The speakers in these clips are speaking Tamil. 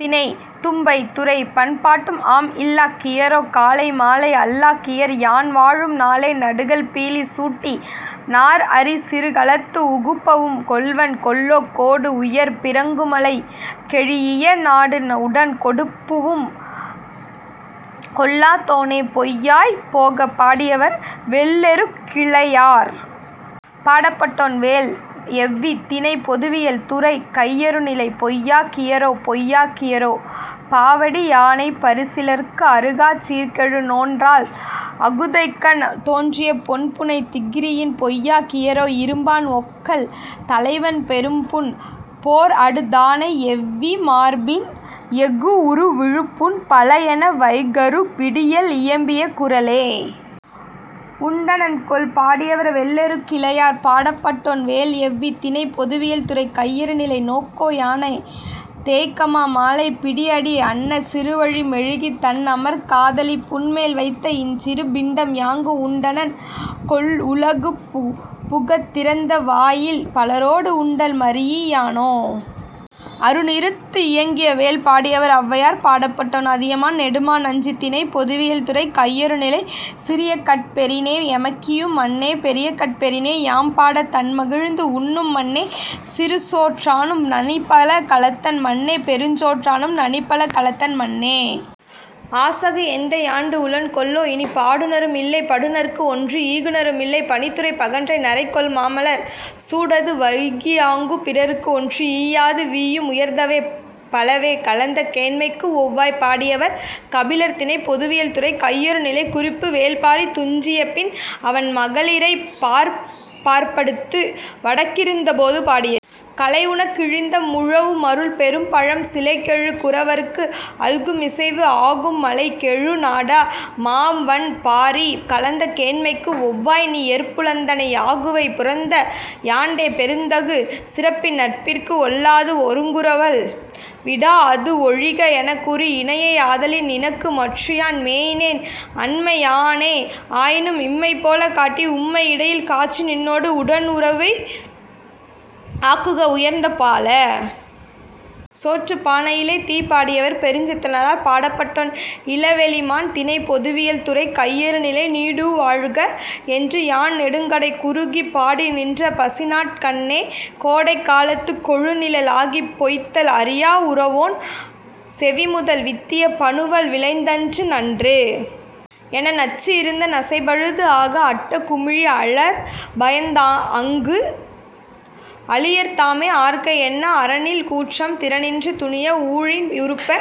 திணை: தும்பை. துறை:பண்பாட்டும் ஆம். இல்லா கியரோ, காலை மாலை! அல்லா கியர், யான் வாழும் நாளே! நடுகல் பீலி சூட்டி, நார்அரி சிறுகலத்து உகுப்பவும் கொள்வன் கொல்லொ- கோடு உயர் பிறங்குமலை கெழீஇய நாடு உடன் கொடுப்புவும் கொள்ளா தோனே?. பொய்யாய்ப் போக! பாடியவர்: வெள்ளெருக்கிலையார். பாடப்பட்டோன்: வேள் எவ்வி. திணை: பொதுவியல். துறை: கையறுநிலை. பொய்யா கியரோ! பொய்யா கியரோ! பாவடி யானை பரிசிலர்க்கு அருகாச் சீர்கெழு நோன்றாள் அகுதைகண் தோன்றிய பொன்புனை திகிரியின் பொய்யா கியரோ! 'இரும்பாண் ஒக்கல் தலைவன், பெரும்பூண், போர்அடு தானை, எவ்வி மார்பின் எ·குஉறு விழுப்புண் பல' என வைகறு விடியல், இயம்பிய குரலே.. உண்டனன் கொல்? பாடியவர்: வெள்ளெருக்கிலையார். பாடப்பட்டோன்: வேள் எவ்வி. திணை: பொதுவியல். துறை: கையறுநிலை. நோகோ யானே? தேய்கமா காலை! பிடி அடி அன்ன சிறுவழி மெழுகித், தன்அமர் காதலி புன்மேல் வைத்த இன்சிறு பிண்டம் யாங்குஉண் டனன்கொல்- உலகுபுகத் திறந்த வாயில் பலரோடு உண்டல் மரீஇ யோனே?. அருநிறத்து இயங்கிய வேல்! பாடியவர்: ஔவையார். பாடப்பட்டோன்: அதியமான் நெடுமான் அஞ்சி. திணை: பொதுவியல். துறை: கையறுநிலை. சிறியகட் பெறினே, எமக்கீயும்; மன்னே! பெரிய கட் பெறினே, யாம் பாடத், தான்மகிழ்ந்து உண்ணும்; மன்னே! சிறுசோற் றானும் நனிபல கலத்தன்; மன்னே! பெருஞ்சோற்றானும் நனிபல கலத்தன்; மன்னே! ஆசாகு எந்தை யாண்டுஉளன் கொல்லோ? இனிப், பாடுநரும் இல்லை; படுநர்க்குஒன்று ஈகுநரும் இல்லை; பனித்துறைப் பகன்றை நறைக் கொள் மாமலர் சூடாது வைகியாங்குப், பிறர்க்கு ஒன்று ஈயாது வீயும் உயிர்தவப் பலவே!. கலந்த கேண்மைக்கு ஒவ்வாய்! பாடியவர்: கபிலர் திணை: பொதுவியல் துறை: கையறுநிலை குறிப்பு: வேள்பாரி துஞ்சியபின், அவன் மகளிரைப் பார்ப்பார்ப்படுத்து வடக்கிருந்தபோது, பாடியது. கலைஉணக் கிழிந்த, முழவுமருள் பெரும்பழம் சிலைகெழு குறவர்க்கு அல்குமிசைவு ஆகும் மலை கெழு நாட! மா வண் பாரி கலந்த கேண்மைக்கு ஒவ்வாய், நீ; எற் புலந்தனை யாகுவை- புரந்த யாண்டே பெருந்தகு சிறப்பின் நட்பிற்கு ஒல்லாது ஒருங்குவரல் விடாஅது 'ஒழிக' எனக்கூறி, இனையை ஆதலின் நினக்கு மற்றுயான் மேயினேன் அன்மை யானே; ஆயினும், இம்மை போலக் காட்டி, உம்மை இடையில் காட்சி நின்னோடு உடன்உறைவு ஆக்குக, உயர்ந்த பாலே!. சோற்றுப் பானையிலே தீ! பாடியவர்: பெருஞ்சித்திரனார். பாடப்பட்டோன்: இளவெளிமான். திணை: பொதுவியல். துறை: கையறுநிலை. 'நீடுவாழ்க! ' என்று, யான் நெடுங்கடை குறுகிப், பாடி நின்ற பசிநாட் கண்ணே, 'கோடைக் காலத்துக் கொழுநிழல் ஆகிப், பொய்த்தல் அறியா உரவோன் செவிமுதல் வித்திய பனுவல் விளைந்தன்று நன்று' என நச்சி இருந்த நசைபழுது ஆக, அட்ட குழிலி அழற்பயந் தாஅங்கு, 'அளியர் தாமே ஆர்க' என்னா அறன்இல் கூற்றம் திறனின்று துணிய, ஊழின் உருப்ப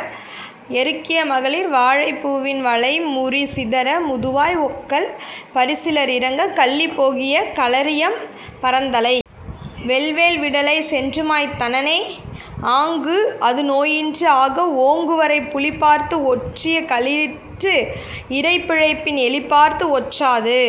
எருக்கிய மகளிர் வாழைப் பூவின் வளைமுறி சிதற, முதுவாய் ஒக்கல் பரிசிலர் இரங்கக் கள்ளி போகிய களரியம் பறந்தலை, வெள்வேல் விடலை சென்றுமாய்ந் தனனே; ஆங்கு அது நோயின்று ஆக, ஓங்குவரைப் புலிபார்த்து ஒற்றிய களிற்றுஇரை பிழைப்பின், எலிபார்த்து ஒற்றாது